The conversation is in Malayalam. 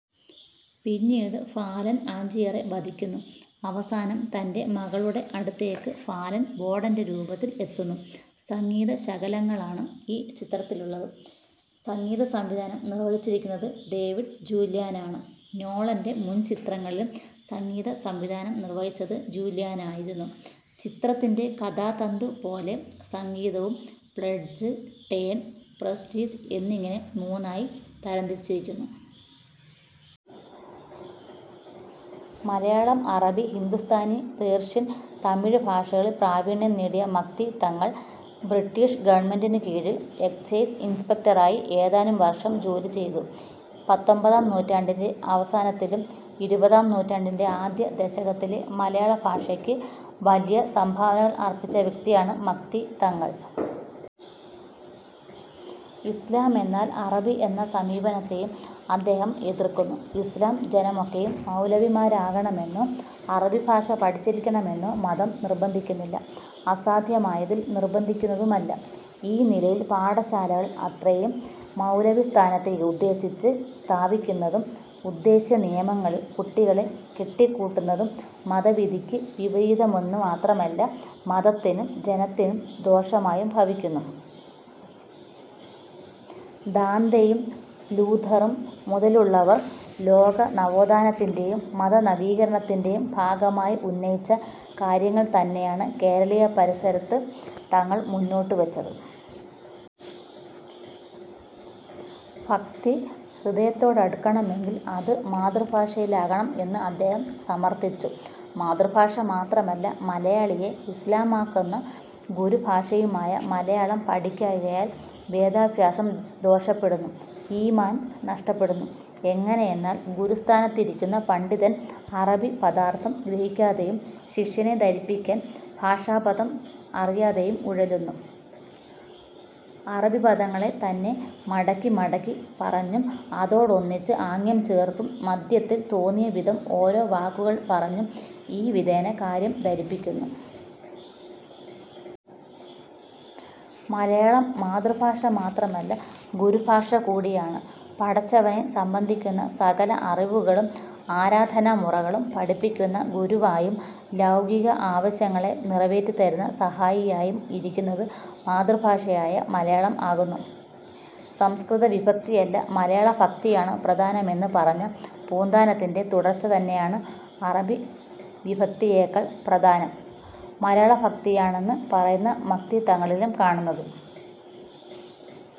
പിന്നീട് ഫാലൻ ആഞ്ജിയറെ വധിക്കുന്നു. അവസാനം തന്റെ മകളുടെ അടുത്തേക്ക് ഫാലൻ ബോഡന്റെ രൂപത്തിൽ എത്തുന്നു. സംഗീത ശകലങ്ങളാണ് ഈ ചിത്രത്തിലുള്ളത്. സംഗീതസംവിധാനം നിർവഹിച്ചിരിക്കുന്നത് ഡേവിഡ് ജൂല്യാനാണ്. നോളന്റെ മുൻചിത്രങ്ങളിലും സംഗീതസംവിധാനം നിർവഹിച്ചത് ജുല്യാനായിരുന്നു. ചിത്രത്തിന്റെ കഥാതന്തു പോലെ സംഗീതവും പ്ലെഡ്ജ്, ടേൺ, പ്രസ്റ്റീജ് എന്നിങ്ങനെ മൂന്നായി തിരിച്ചിരിക്കുന്നു. മലയാളം, അറബി, ഹിന്ദുസ്ഥാനി, പേർഷ്യൻ, തമിഴ് ഭാഷകളിൽ പ്രാവീണ്യം നേടിയ മക്തി തങ്ങൾ ബ്രിട്ടീഷ് ഗവണ്മെൻറിനു കീഴിൽ എക്സൈസ് ഇൻസ്പെക്ടറായി ഏതാനും വർഷം ജോലി ചെയ്തു. പത്തൊമ്പതാം നൂറ്റാണ്ടിൻറെ അവസാനത്തിലും ഇരുപതാം നൂറ്റാണ്ടിൻറെ ആദ്യ ദശകത്തിലെ മലയാള ഭാഷക്ക് വലിയ സംഭാവനകൾ അർപ്പിച്ച വ്യക്തിയാണ് മക്തി തങ്ങൾ. ഇസ്ലാമെന്നാൽ അറബി എന്ന സമീപനത്തെയും അദ്ദേഹം എതിർക്കുന്നു. ഇസ്ലാം ജനമൊക്കെയും മൗലവിമാരാകണമെന്നോ അറബിഭാഷ പഠിച്ചിരിക്കണമെന്നോ മതം നിർബന്ധിക്കുന്നില്ല. അസാധ്യമായതിൽ നിർബന്ധിക്കുന്നതുമല്ല. ഈ നിലയിൽ പാഠശാലകൾ അത്രയും മൗലവിസ്ഥാനത്തെ ഉദ്ദേശിച്ച് സ്ഥാപിക്കുന്നതും ഉദ്ദേശ്യനിയമങ്ങളിൽ കുട്ടികളെ കെട്ടിക്കൂട്ടുന്നതും മതവിധിക്ക് വിപരീതമെന്നുമാത്രമല്ല മതത്തിനും ജനത്തിനും ദോഷമായും ഭവിക്കുന്നു. ദാന്തെയും ലൂഥറും മുതലുള്ളവർ ലോകനവോത്ഥാനത്തിന്റെയും മതനവീകരണത്തിന്റെയും ഭാഗമായി ഉന്നയിച്ച കാര്യങ്ങൾതന്നെയാണ് കേരളീയപരിസരത്ത് തങ്ങൾ മുന്നോട്ടുവെച്ചത്. ഭക്തി, ഹൃദയത്തോടടുക്കണമെങ്കിൽ അത് മാതൃഭാഷയിലാകണം എന്ന് അദ്ദേഹം സമർഥിച്ചു. മാതൃഭാഷ മാത്രമല്ല, മലയാളിയെ ഇസ്ലാമാക്കുന്ന ഗുരുഭാഷയുമായ മലയാളം പഠിക്കായ്കയാൽ വേദാഭ്യാസം ദോഷപ്പെടുന്നു. ഈമാൻ നഷ്ടപ്പെടുന്നു. എങ്ങനെയെന്നാൽ ഗുരുസ്ഥാനത്തിരിക്കുന്ന പണ്ഡിതൻ അറബി പദാർഥം ഗ്രഹിക്കാതെയും ശിഷ്യനെ ധരിപ്പിക്കാൻ ഭാഷാപദം അറിയാതെയും ഉഴലുന്നു. അറബിപദങ്ങളെ തന്നെ മടക്കി മടക്കി പറഞ്ഞും അതോടൊന്നിച്ച് ആംഗ്യംചേർത്തും മധ്യത്തിൽ തോന്നിയവിധം ഓരോ വാക്കുകൾ പറഞ്ഞും ഒരു വിധേന കാര്യം ധരിപ്പിക്കുന്നു. മലയാളം മാതൃഭാഷ മാത്രമല്ല, ഗുരുഭാഷ കൂടിയാണ്. പടച്ചവനെ സംബന്ധിക്കുന്ന സകല അറിവുകളും ആരാധനാമുറകളും പഠിപ്പിക്കുന്ന ഗുരുവായും ലൗകിക ആവശ്യങ്ങളെ നിറവേറ്റിത്തരുന്ന സഹായിയായും ഇരിക്കുന്നത് മാതൃഭാഷയായ മലയാളം ആകുന്നു. സംസ്കൃതവിഭക്തിയല്ല, മലയാളഭക്തിയാണ് പ്രധാനമെന്ന് പറഞ്ഞ പൂന്താനത്തിന്റെ തുടർച്ച തന്നെയാണ് അറബി വിഭക്തിയേക്കാൾ പ്രധാനം മലയാളഭക്തിയാണെന്ന് പറയുന്ന മക്തി തങ്ങളിലും കാണുന്നത്.